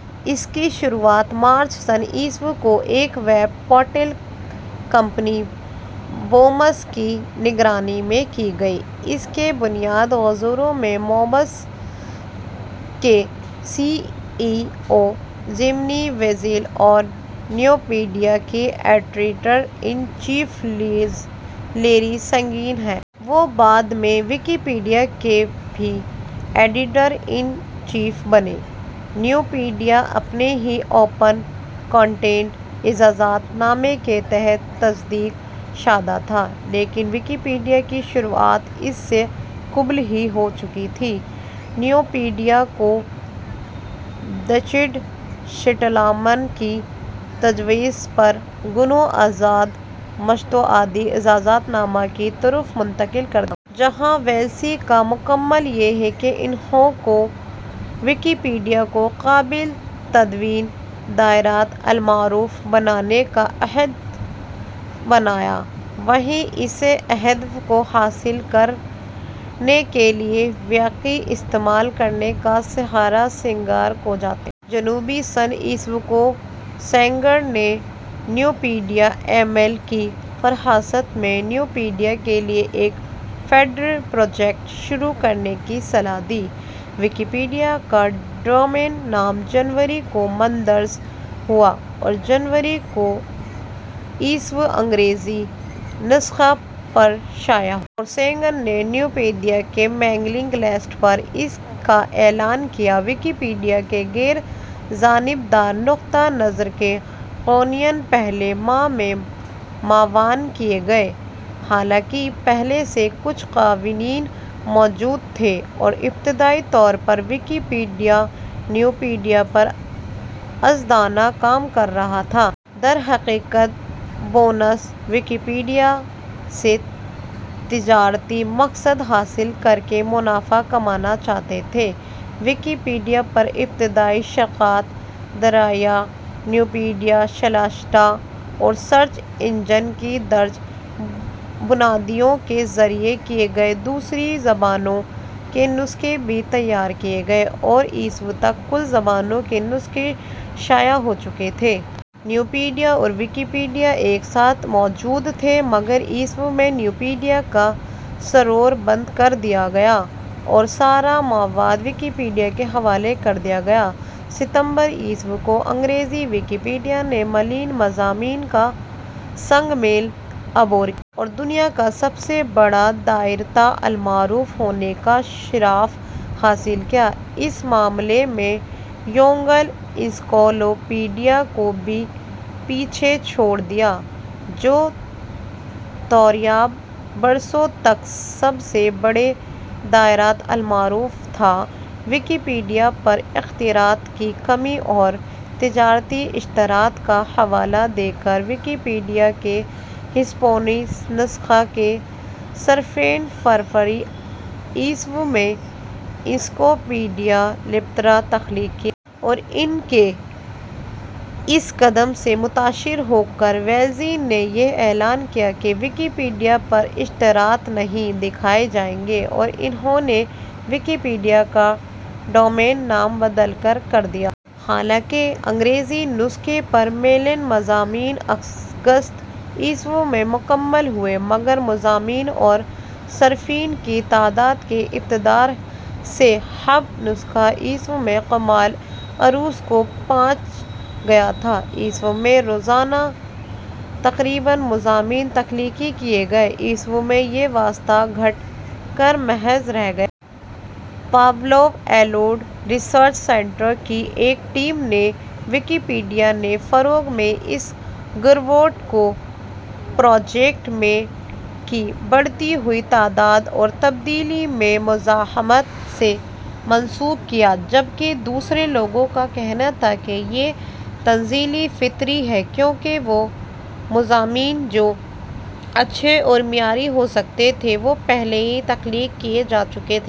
، اس کی شروعات مارچ سنہ ء کو ایک ویب پورٹل کمپنی بومس کی نگرانی میں کی گئی۔ اس کے بنیاد گزاروں میں بومس کے C E O Jimmy Wales اور نیوپیڈیا کے editor in chief Larry Sanger ہیں۔ وہ بعد میں ویکیپیڈیا کے بھی ایڈیٹر ان چیف بنے۔ نیوپیڈیا اپنے ہی اوپن کونٹینٹ اجازت نامہ کے تحت تصدیق شدہ تھا۔ لیکن ویکیپیڈیا کی شروعات اس سے قبل ہی ہو چکی تھی، نیوپیڈیا کو رچرڈ سٹالمان کی تجویز پر گنو آزاد مسوداتی اجازت نامہ کی طرف منتقل کردیاگیا۔ ، جہاں ویلس کا کمال یہ ہے کہ انھوں کو ویکیپیڈیا کو قابل تدوین دائرۃالمعارف بنانے کا ہدف بنایا۔ ، وہیں اس ہدف کو حاصل کر نے کے لیے ویکی کا استعمال کرنے کا سہرا سینگر کو جاتا ہے۔ ، جنوری سنہ ء کو سینگر نے نیوپیڈیا ایمیل کی فہرست میں نیوپیڈیا کے لیے ایک ''فیڈر پروجیکٹ "شروع کرنے کی صلاح دی۔ ۔ ویکیپیڈیا کا ڈومین نام جنوری ء کو مندرج ہوا اور جنوری ء کو انگریزی نسخہ پر شائع ہوا۔ ۔ اور سینگر نے نیوپیدیا کی میلینگ لسٹ پر اس کا اعلان کیا۔ ویکیپیڈیا کے "غیر جانبدار نقطہ نظر" کے قوانین پہلے ماہ میں مدون کیے گئے۔ حالانکہ پہلے سے کچھ قوانین موجود تھے اور ابتدائی طور پر ویکیپیڈیا نیوپیڈیا پر آزادانہ کام کررہا تھا۔۔ درحقیقت بونس ویکیپیڈیاسے تجارتی مقصد حاصل کر کے منافع کمانا چاہتے تھے۔ ویکیپیڈیا پر ابتدائی شراکت داریاں نیوپیڈیا، شلیشڈاٹ اور سرچ انجن کی درجہ بندیوں کے ذریعے کی گئیں۔ دوسری زبانوں کے نسخے بھی تیار کیے گئے اور ء تک کل زبانوں کے نسخے شائع ہو چکے تھے۔ نیوپیڈیا اور ویکیپیڈیا ایک ساتھ موجود تھے مگر ء میں نیوپیڈیا کا سرور بند کر دیا گیا اور سارا مواد ویکیپیڈیا کے حوالے کر دیا گیا۔ ستمبر ء کو انگریزی ویکیپیڈیا نے ملین مضامین کا سنگ میل عبور کیا۔ اور دنیا کا سب سے بڑا دائرۃالمعارف ہونے کا شرف حاصل کیا۔ اس معاملے میں یونگل انسائکلوپیڈیا کو بھی پیچھے چھوڑ دیا، جو توریبا برسوں تک سب سے بڑا دائرۃالمعارف تھا۔ ویکیپیڈیا پر اختیارات کی کمی اور تجارتی اشتہارات کا حوالہ دے کر ویکیپیڈیا کے ہسپانوی نسخہ کے صارفین نے فروری ء میں انسائکلوپیڈیا لائبر تخلیق کیا۔ اور ان کے اس قدم سے متاثر ہو کر ویلز نے یہ اعلان کیا کہ ویکیپیڈیا پر اشتہارات نہیں دکھائے جائیں گے اور انھوں نے ویکیپیڈیا کا ڈومین نام. بدل کر. کر دیا۔ حالانکہ انگریزی نسخہ پر ملین مضامین اگست ء میں مکمل ہوئے مگر مضامین اور صارفین کی تعداد کے اعتبار سے ہپ نسخہ ء میں کمال عروج کو پہنچ گیا تھا۔ ء میں روزانہ تقریباً مضامین تخلیق کیے گئے، ء میں یہ اوسط گھٹ کر محض رہ گیا۔ پاولو الٹو ریسرچ سینٹر کی ایک ٹیم نے ویکیپیڈیا کے فروغ میں اس گراوٹ کو پروجیکٹ میں کی بڑھتی ہوئی تعداد اور تبدیلی میں مزاحمت سے منسوب کیا۔ جبکہ دوسرے لوگوں کا کہنا تھا کہ یہ تنزلی فطری ہے کیونکہ وہ مضامین جو اچھے اور معیاری ہو سکتے تھے وہ پہلے ہی تخلیق کیے جا چکے تھے۔